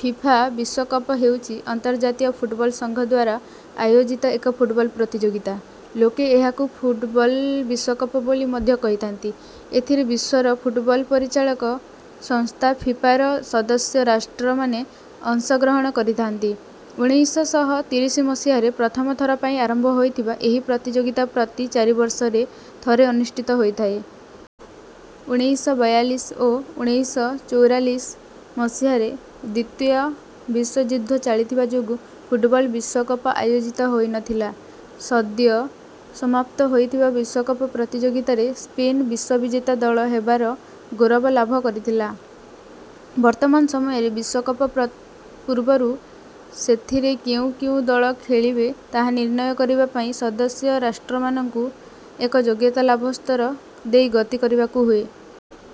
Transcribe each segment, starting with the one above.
FIFA ବିଶ୍ୱକପ ହେଉଛି ଅନ୍ତର୍ଜାତୀୟ ଫୁଟବଲ୍ ସଂଘଦ୍ୱାରା ଆୟୋଜିତ ଏକ ଫୁଟବଲ୍ ପ୍ରତିଯୋଗିତା। ଲୋକେ ଏହାକୁ ଫୁଟବଲ୍ ବିଶ୍ୱକପ ବୋଲି ମଧ୍ୟ କହିଥାନ୍ତି। ଏଥିରେ ବିଶ୍ୱର ଫୁଟବଲ୍ ପରିଚାଳକ ସଂସ୍ଥା ଫିଫା ର ସଦସ୍ୟ ରାଷ୍ଟ୍ରମାନେ ଅଂଶ ଗ୍ରହଣ କରିଥାନ୍ତି। ଉଣେଇଶ ଶହ ତିରିଶ ମସିହାରେ ପ୍ରଥମ ଥର ପାଇଁ ଆରମ୍ଭ ହୋଇଥିବା ଏହି ପ୍ରତିଯୋଗିତା ପ୍ରତି ଚାରି ବର୍ଷରେ ଥରେ ଅନୁଷ୍ଠିତ ହୋଇଥାଏ। ଉଣେଇଶ ବୟାଳିଶ ଓ ଉଣେଇଶ ଚଉରାଳିଶ ମସିହାରେ ଦ୍ୱିତୀୟ ବିଶ୍ୱଯୁଦ୍ଧ ଚାଲିଥିବା ଯୋଗୁଁ ଫୁଟବଲ୍ ବିଶ୍ୱକପ ଆୟୋଜିତ ହୋଇନଥିଲା। ସଦ୍ୟ ସମାପ୍ତ ହୋଇଥିବା ବିଶ୍ୱକପ ପ୍ରତିଯୋଗିତାରେ ସ୍ପେନ ବିଶ୍ୱବିଜେତା ଦଳ ହେବାର ଗୌରବ ଲାଭ କରିଥିଲା। ବର୍ତ୍ତମାନ ସମୟରେ ବିଶ୍ୱକପ ପୂର୍ବରୁ ସେଥିରେ କେଉଁ କେଉଁ ଦଳ ଖେଳିବେ ତାହା ନିର୍ଣ୍ଣୟ କରିବା ପାଇଁ ସଦସ୍ୟ ରାଷ୍ଟ୍ରମାନଙ୍କୁ ଏକ ଯୋଗ୍ୟତା ଲାଭ ସ୍ତର ଦେଇ ଗତି କରିବାକୁ ହୁଏ।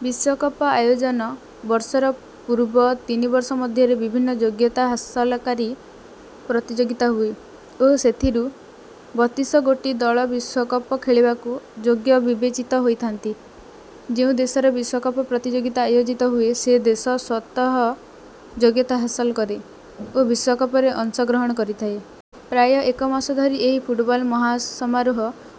ବିଶ୍ୱକପ ଆୟୋଜନ ବର୍ଷର ପୂର୍ବ ତିନି ବର୍ଷ ମଧ୍ୟରେ ବିଭିନ୍ନ ଯୋଗ୍ୟତା ହାସଲକାରୀ ପ୍ରତିଯୋଗିତା ହୁଏ ଓ ସେଥିରୁ ବତିଶ ଗୋଟି ଦଳ ବିଶ୍ୱକପ ଖେଳିବାକୁ ଯୋଗ୍ୟ ବିବେଚିତ ହୋଇଥାନ୍ତି। ଯେଉଁ ଦେଶରେ ବିଶ୍ୱକପ ପ୍ରତିଯୋଗିତା ଆୟୋଜିତ ହୁଏ ସେ ଦେଶ ସ୍ୱତଃ ଯୋଗ୍ୟତା ହାସଲ କରେ ଓ ବିଶ୍ୱକପରେ ଅଂଶ ଗ୍ରହଣ କରିଥାଏ। ପ୍ରାୟ ଏକ ମାସ ଧରି ଏହି ଫୁଟବଲ ମହାସମାରୋହ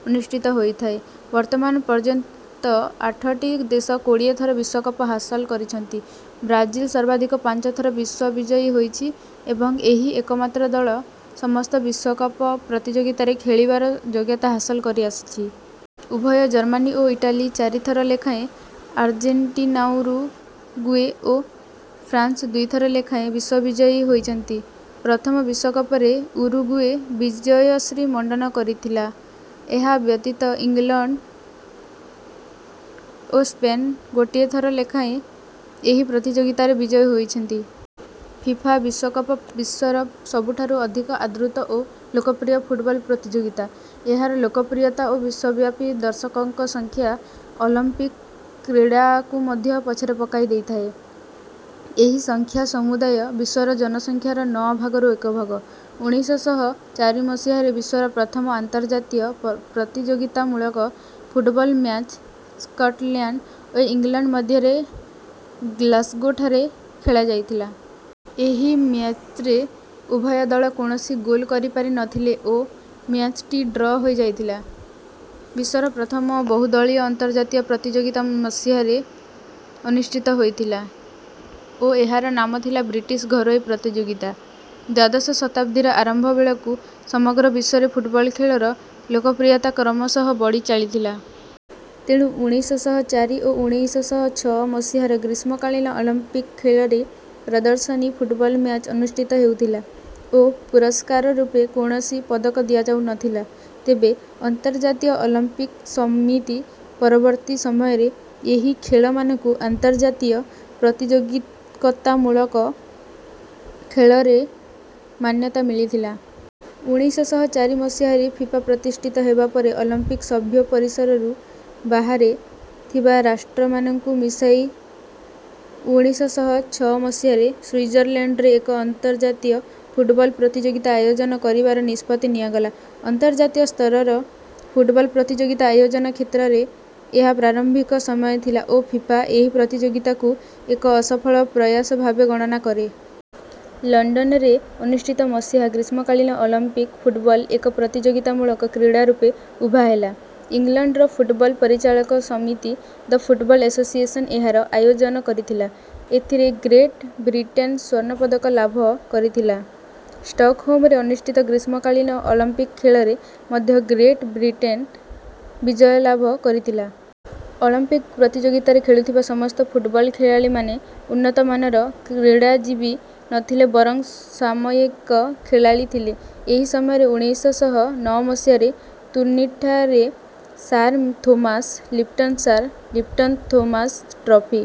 ଅନୁଷ୍ଠିତ ହୋଇଥାଏ। ବର୍ତ୍ତମାନ ପର୍ଯ୍ୟନ୍ତ ଆଠଟି ଦେଶ କୋଡ଼ିଏ ଥର ବିଶ୍ୱକପ ହାସଲ କରିଛନ୍ତି। ବ୍ରାଜିଲ ସର୍ବାଧିକ ପାଞ୍ଚ ଥର ବିଶ୍ୱବିଜୟୀ ହୋଇଛି ଏବଂ ଏହି ଏକମାତ୍ର ଦଳ ସମସ୍ତ ବିଶ୍ୱକପ ପ୍ରତିଯୋଗିତାରେ ଖେଳିବାର ଯୋଗ୍ୟତା ହାସଲ କରିଆସିଛି। ଉଭୟ ଜର୍ମାନୀ ଓ ଇଟାଲୀ ଚାରି ଥର ଲେଖାଏଁ ଆର୍ଜେଣ୍ଟିନାଉରୁଗୁଏ ଓ ଫ୍ରାନ୍ସ ଦୁଇ ଥର ଲେଖାଏଁ ବିଶ୍ୱବିଜୟୀ ହୋଇଛନ୍ତି। ପ୍ରଥମ ବିଶ୍ୱକପରେ ଉରୁଗୁଏ ବିଜୟଶ୍ରୀ ମଣ୍ଡନ କରିଥିଲା। ଏହା ବ୍ୟତୀତ ଲଂଲଣ୍ଡ ଓ ସ୍ପେନ୍ ଗୋଟିଏ ଥର ଲେଖାଏଁ ଏହି ପ୍ରତିଯୋଗିତାରେ ବିଜୟୀ ହୋଇଛନ୍ତି। ଫିଫା ବିଶ୍ୱକପ ବିଶ୍ୱର ସବୁଠାରୁ ଅଧିକ ଆଦୃତ ଓ ଲୋକପ୍ରିୟ ଫୁଟବଲ୍ ପ୍ରତିଯୋଗିତା। ଏହାର ଲୋକପ୍ରିୟତା ଓ ବିଶ୍ୱବ୍ୟାପୀ ଦର୍ଶକଙ୍କ ସଂଖ୍ୟା ଅଲମ୍ପିକ୍ କ୍ରୀଡ଼ାକୁ ମଧ୍ୟ ପଛରେ ପକାଇ ଦେଇଥାଏ। ଏହି ସଂଖ୍ୟା ସମୁଦାୟ ବିଶ୍ୱର ଜନସଂଖ୍ୟାର ନଅ ଭାଗରୁ ଏକ ଭାଗ। ଉଣେଇଶ ଶହ ଚାରି ମସିହାରେ ବିଶ୍ୱର ପ୍ରଥମ ଅନ୍ତର୍ଜାତୀୟ ପ୍ରତିଯୋଗିତାମୂଳକ ଫୁଟବଲ୍ ମ୍ୟାଚ୍ ସ୍କଟଲ୍ୟାଣ୍ଡ ଓ ଇଂଲଣ୍ଡ ମଧ୍ୟରେ ଗ୍ଲାସ୍ଗୋଠାରେ ଖେଳାଯାଇଥିଲା। ଏହି ମ୍ୟାଚ୍ରେ ଉଭୟ ଦଳ କୌଣସି ଗୋଲ୍ କରିପାରି ନଥିଲେ ଓ ମ୍ୟାଚ୍ଟି ଡ୍ର ହୋଇଯାଇଥିଲା। ବିଶ୍ୱର ପ୍ରଥମ ବହୁଦଳୀୟ ଅନ୍ତର୍ଜାତୀୟ ପ୍ରତିଯୋଗିତା ମସିହାରେ ଅନୁଷ୍ଠିତ ହୋଇଥିଲା ଓ ଏହାର ନାମ ଥିଲା ବ୍ରିଟିଶ୍ ଘରୋଇ ପ୍ରତିଯୋଗିତା। ଦ୍ୱାଦଶ ଶତାବ୍ଦୀର ଆରମ୍ଭ ବେଳକୁ ସମଗ୍ର ବିଶ୍ୱରେ ଫୁଟବଲ୍ ଖେଳର ଲୋକପ୍ରିୟତା କ୍ରମଶଃ ବଢ଼ି ଚାଲିଥିଲା। ତେଣୁ ଉଣେଇଶ ଶହ ଚାରି ଓ ଉଣେଇଶ ଶହ ଛଅ ମସିହାର ଗ୍ରୀଷ୍ମକାଳୀନ ଅଲମ୍ପିକ୍ ଖେଳରେ ପ୍ରଦର୍ଶନୀ ଫୁଟବଲ୍ ମ୍ୟାଚ୍ ଅନୁଷ୍ଠିତ ହେଉଥିଲା ଓ ପୁରସ୍କାର ରୂପେ କୌଣସି ପଦକ ଦିଆଯାଉନଥିଲା। ତେବେ ଅନ୍ତର୍ଜାତୀୟ ଅଲମ୍ପିକ୍ ସମିତି ପରବର୍ତ୍ତୀ ସମୟରେ ଏହି ଖେଳମାନଙ୍କୁ ଅନ୍ତର୍ଜାତୀୟ ପ୍ରତିଯୋଗିକତାମୂଳକ ଖେଳର ମାନ୍ୟତା ମିଳିଥିଲା। ଉଣେଇଶ ଶହ ଚାରି ମସିହାରେ ଫିଫା ପ୍ରତିଷ୍ଠିତ ହେବା ପରେ ଅଲମ୍ପିକ୍ ସଭ୍ୟ ପରିସରରୁ ବାହାରେ ଥିବା ରାଷ୍ଟ୍ରମାନଙ୍କୁ ମିଶାଇ ଉଣେଇଶ ଶହ ଛଅ ମସିହାରେ ସ୍ୱିଜରଲ୍ୟାଣ୍ଡଠାରେ ଏକ ଅନ୍ତର୍ଜାତୀୟ ଫୁଟବଲ୍ ପ୍ରତିଯୋଗିତା ଆୟୋଜନ କରିବାର ନିଷ୍ପତ୍ତି ନିଆଗଲା। ଅନ୍ତର୍ଜାତୀୟ ସ୍ତରର ଫୁଟବଲ୍ ପ୍ରତିଯୋଗିତା ଆୟୋଜନ କ୍ଷେତ୍ରରେ ଏହା ପ୍ରାରମ୍ଭିକ ସମୟ ଥିଲା ଓ ଫିଫା ଏହି ପ୍ରତିଯୋଗିତାକୁ ଏକ ଅସଫଳ ପ୍ରୟାସ ଭାବେ ଗଣନା କରେ। ଲଣ୍ଡନରେ ଅନୁଷ୍ଠିତ ମସିହା ଗ୍ରୀଷ୍ମକାଳୀନ ଅଲମ୍ପିକ୍ ଫୁଟବଲ୍ ଏକ ପ୍ରତିଯୋଗିତାମୂଳକ କ୍ରୀଡ଼ା ରୂପେ ଉଭା ହେଲା। ଇଂଲଣ୍ଡର ଫୁଟବଲ୍ ପରିଚାଳକ ସମିତି ଦ ଫୁଟବଲ୍ ଏଶୋସିଏସନ୍ ଏହାର ଆୟୋଜନ କରିଥିଲା। ଏଥିରେ ଗ୍ରେଟ୍ ବ୍ରିଟେନ୍ ସ୍ୱର୍ଣ୍ଣ ପଦକ ଲାଭ କରିଥିଲା। ଷ୍ଟକହୋମରେ ଅନୁଷ୍ଠିତ ଗ୍ରୀଷ୍ମକାଳୀନ ଅଲମ୍ପିକ୍ ଖେଳରେ ମଧ୍ୟ ଗ୍ରେଟ୍ ବ୍ରିଟେନ୍ ବିଜୟ ଲାଭ କରିଥିଲା। ଅଲମ୍ପିକ୍ ପ୍ରତିଯୋଗିତାରେ ଖେଳୁଥିବା ସମସ୍ତ ଫୁଟବଲ୍ ଖେଳାଳୀମାନେ ଉନ୍ନତମାନର କ୍ରୀଡ଼ାଜୀବୀ ନଥିଲେ ବରଂ ସାମୟିକ ଖେଳାଳୀ ଥିଲେ। ଏହି ସମୟରେ ଉଣେଇଶ ଶହ ନଅ ମସିହାରେ ତୁରିନ୍ଠାରେ Sir Thomas Lipton Sir Lipton Thomas trophy